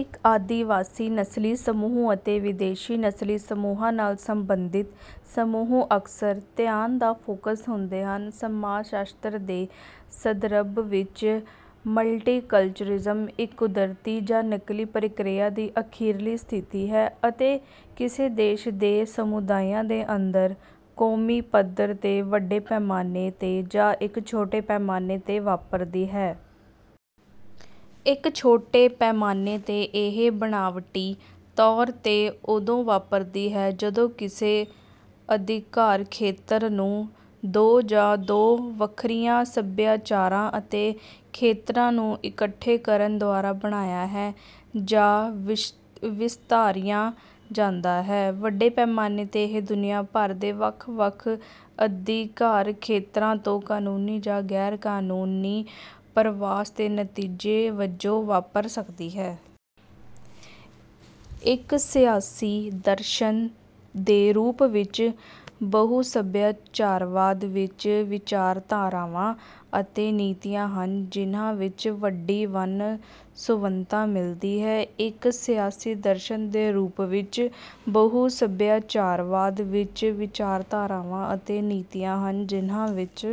ਇੱਕ ਆਦਿਵਾਸੀ ਨਸਲੀ ਸਮੂਹ ਅਤੇ ਵਿਦੇਸ਼ੀ ਨਸਲੀ ਸਮੂਹਾਂ ਨਾਲ ਸਬੰਧਿਤ ਸਮੂਹ ਅਕਸਰ ਧਿਆਨ ਦਾ ਫ਼ੋਕਸ ਹੁੰਦੇ ਹਨ। ਸਮਾਜ ਸ਼ਾਸਤਰ ਦੇ ਸੰਦਰਭ ਵਿੱਚ, ਮਲਟੀਕਲਚਰਿਜ਼ਮ ਇੱਕ ਕੁਦਰਤੀ ਜਾਂ ਨਕਲੀ ਪ੍ਰਕਿਰਿਆ ਦੀ ਅਖੀਰਲੀ ਸਥਿਤੀ ਹੈ ਅਤੇ ਕਿਸੇ ਦੇਸ਼ ਦੇ ਸਮੁਦਾਇਆਂ ਦੇ ਅੰਦਰ ਕੌਮੀ ਪੱਧਰ ਦੇ ਵੱਡੇ ਪੈਮਾਨੇ ਤੇ ਜਾਂ ਇੱਕ ਛੋਟੇ ਪੈਮਾਨੇ ਤੇ ਵਾਪਰਦੀ ਹੈ। ਇੱਕ ਛੋਟੇ ਪੈਮਾਨੇ ਤੇ ਇਹ ਬਣਾਵਟੀ ਤੌਰ ਤੇ ਉਦੋਂ ਵਾਪਰਦੀ ਹੈ ਜਦੋਂ ਕਿਸੇ ਅਧਿਕਾਰਖੇਤਰ ਨੂੰ ਦੋ ਜਾਂ ਦੋ ਵੱਖਰੀਆਂ ਸਭਿਆਚਾਰਾਂ ਵਾਲੇ ਖੇਤਰਾਂ ਨੂੰ ਇਕੱਠੇ ਕਰਨ ਦੁਆਰਾ ਬਣਾਇਆ ਹੈ ਜਾਂ ਵਿਸਥਾਰਿਆ ਜਾਂਦਾ ਹੈ। ਵੱਡੇ ਪੈਮਾਨੇ ਤੇ, ਇਹ ਦੁਨੀਆ ਭਰ ਦੇ ਵੱਖ-ਵੱਖ ਅਧਿਕਾਰਖੇਤਰਾਂ ਤੋਂ ਕਾਨੂੰਨੀ ਜਾਂ ਗੈਰ ਕਾਨੂੰਨੀ ਪਰਵਾਸ ਦੇ ਨਤੀਜੇ ਵਜੋਂ ਵਾਪਰ ਸਕਦੀ ਹੈ। ਇੱਕ ਸਿਆਸੀ ਦਰਸ਼ਨ ਦੇ ਰੂਪ ਵਿੱਚ ਬਹੁਸਭਿਆਚਾਰਵਾਦ ਵਿੱਚ ਵਿਚਾਰਧਾਰਾਵਾਂ ਅਤੇ ਨੀਤੀਆਂ ਹਨ ਜਿਨ੍ਹਾਂ ਵਿੱਚ ਵੱਡੀ ਵੰਨ ਸੁਵੰਨਤਾ ਮਿਲਦੀ ਹੈ, ਇੱਕ ਸਿਆਸੀ ਦਰਸ਼ਨ ਦੇ ਰੂਪ ਵਿੱਚ ਬਹੁਸਭਿਆਚਾਰਵਾਦ ਵਿੱਚ ਵਿਚਾਰਧਾਰਾਵਾਂ ਅਤੇ ਨੀਤੀਆਂ ਹਨ ਜਿਨ੍ਹਾਂ ਵਿੱਚ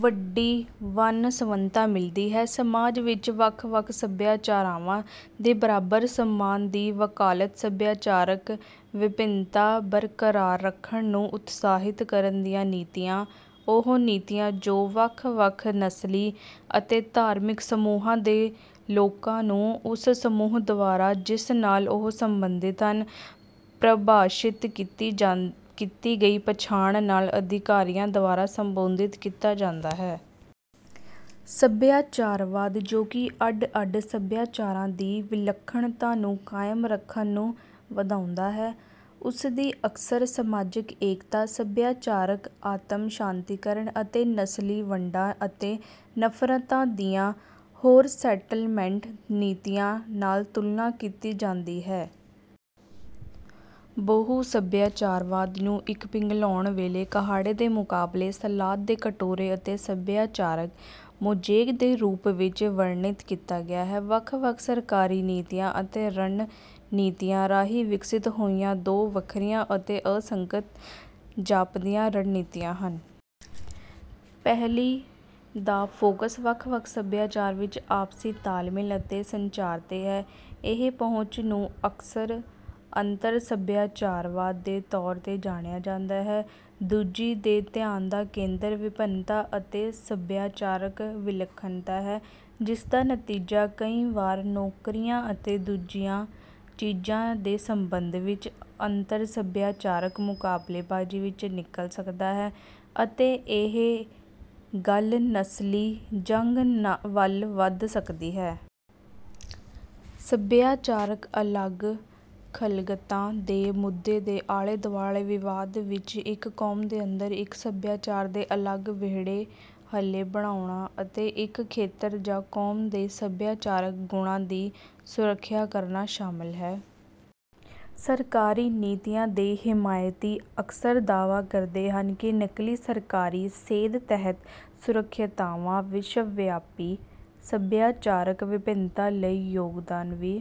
ਵੱਡੀ ਵੰਨ ਸੁਵੰਨਤਾ ਮਿਲਦੀ ਹੈ, ਸਮਾਜ ਵਿੱਚ ਵੱਖ ਵੱਖ ਸਭਿਆਚਾਰਾਂ ਦੇ ਬਰਾਬਰ ਸਨਮਾਨ ਦੀ ਵਕਾਲਤ, ਸੱਭਿਆਚਾਰਕ ਵਿਭਿੰਨਤਾ ਬਰਕਰਾਰ ਰੱਖਣ ਨੂੰ ਉਤਸ਼ਾਹਿਤ ਕਰਨ ਦੀਆਂ ਨੀਤੀਆਂ, ਉਹ ਨੀਤੀਆਂ, ਜੋ ਵੱਖ-ਵੱਖ ਨਸਲੀ ਅਤੇ ਧਾਰਮਿਕ ਸਮੂਹਾਂ ਦੇ ਲੋਕਾਂ ਨੂੰ ਉਸ ਸਮੂਹ ਦੁਆਰਾ ਜਿਸ ਨਾਲ ਉਹ ਸੰਬੰਧਿਤ ਹਨ, ਪ੍ਰਭਾਸ਼ਿਤ ਕੀਤੀ ਗਈ ਪਛਾਣ ਨਾਲ ਅਧਿਕਾਰੀਆਂ ਦੁਆਰਾ ਸੰਬੋਧਿਤ ਕੀਤਾ ਜਾਂਦਾ ਹੈ। ਸਭਿਆਚਾਰਵਾਦ ਜੋ ਕਿ ਅੱਡ ਅੱਡ ਸੱਭਿਆਚਾਰਾਂ ਦੀ ਵਿਲੱਖਣਤਾ ਨੂੰ ਕਾਇਮ ਰੱਖਣ ਨੂੰ ਵਧਾਉਂਦਾ ਹੈ, ਉਸਦੀ ਅਕਸਰ ਸਮਾਜਕ ਏਕਤਾ, ਸੱਭਿਆਚਾਰਕ ਆਤਮਸਾਤੀਕਰਨ ਅਤੇ ਨਸਲੀ ਵੰਡਾਂ ਅਤੇ ਨਫਰਤਾਂ ਦੀਆਂ ਹੋਰ ਸੈਟਲਮੈਂਟ ਨੀਤੀਆਂ ਨਾਲ ਤੁਲਨਾ ਕੀਤੀ ਜਾਂਦੀ ਹੈ। ਬਹੁਸਭਿਆਚਾਰਵਾਦ ਨੂੰ ਇੱਕ ਪਿਘਲਉਣ ਵਾਲੇ ਕੜਾਹੇ ਦੇ ਮੁਕਾਬਲੇ "ਸਲਾਦ ਦੇ ਕਟੋਰੇ" ਅਤੇ "ਸੱਭਿਆਚਾਰਕ ਮੋਜ਼ੇਕ" ਦੇ ਰੂਪ ਵਿੱਚ ਵਰਣਿਤ ਕੀਤਾ ਗਿਆ ਹੈ। ਵੱਖ ਵੱਖ ਸਰਕਾਰੀ ਨੀਤੀਆਂ ਅਤੇ ਰਣਨੀਤੀਆਂ ਰਾਹੀਂ ਵਿਕਸਿਤ ਹੋਈਆਂ ਦੋ ਵੱਖਰੀਆਂ ਅਤੇ ਅਸੰਗਤ ਜਾਪਦੀਆਂ ਰਣਨੀਤੀਆਂ ਹਨ। ਪਹਿਲੀ ਦਾ ਫ਼ੋਕਸ ਵੱਖ-ਵੱਖ ਸਭਿਆਚਾਰਾਂ ਵਿਚ ਆਪਸੀ ਤਾਲਮੇਲ ਅਤੇ ਸੰਚਾਰ ਤੇ ਹੈ; ਇਸ ਪਹੁੰਚ ਨੂੰ ਅਕਸਰ ਅੰਤਰ-ਸਭਿਆਚਾਰਵਾਦ ਦੇ ਤੌਰ ਤੇ ਜਾਣਿਆ ਜਾਂਦਾ ਹੈ। ਦੂਜੀ ਦੇ ਧਿਆਨ ਦਾ ਕੇਂਦਰ ਵਿਭਿੰਨਤਾ ਅਤੇ ਸੱਭਿਆਚਾਰਕ ਵਿਲੱਖਣਤਾ ਹੈ ਜਿਸਦਾ ਨਤੀਜਾ ਕਈ ਵਾਰ ਨੌਕਰੀਆਂ ਅਤੇ ਦੂਜੀਆਂ ਚੀਜ਼ਾਂ ਦੇ ਸੰਬੰਧ ਵਿੱਚ ਅੰਤਰ-ਸਭਿਆਚਾਰਕ ਮੁਕਾਬਲੇਬਾਜ਼ੀ ਵਿੱਚ ਨਿਕਲ ਸਕਦਾ ਹੈ ਅਤੇ ਇਹ ਗੱਲ ਨਸਲੀ ਜੰਗ ਵੱਲ ਵਧ ਸਕਦੀ ਹੈ। ਸੱਭਿਆਚਾਰਕ ਅਲੱਗ-ਥਲੱਗਤਾ ਦੇ ਮੁੱਦੇ ਦੇ ਆਲੇ ਦੁਆਲੇ ਵਿਵਾਦ ਵਿੱਚ ਇੱਕ ਕੌਮ ਦੇ ਅੰਦਰ ਇੱਕ ਸੱਭਿਆਚਾਰ ਦੇ ਅਲੱਗ ਵਿਹੜੇ ੁਹੱਲੇ ਬਣਾਉਣਾ ਅਤੇ ਇੱਕ ਖੇਤਰ ਜਾਂ ਕੌਮ ਦੇ ਸਭਿਆਚਾਰਕ ਗੁਣਾਂ ਦੀ ਸੁਰੱਖਿਆ ਕਰਨਾ ਸ਼ਾਮਲ ਹੈ। ਸਰਕਾਰੀ ਨੀਤੀਆਂ ਦੇ ਹਮਾਇਤੀ ਅਕਸਰ ਦਾਅਵਾ ਕਰਦੇ ਹਨ ਕਿ ਨਕਲੀ, ਸਰਕਾਰੀ ਸੇਧ ਤਹਿਤ ਸੁਰੱਖਿਅਤਾਵਾਂ ਵਿਸ਼ਵ-ਵਿਆਪੀ ਸਭਿਆਚਾਰਕ ਵਿਭਿੰਨਤਾ ਲਈ ਯੋਗਦਾਨ ਵੀ...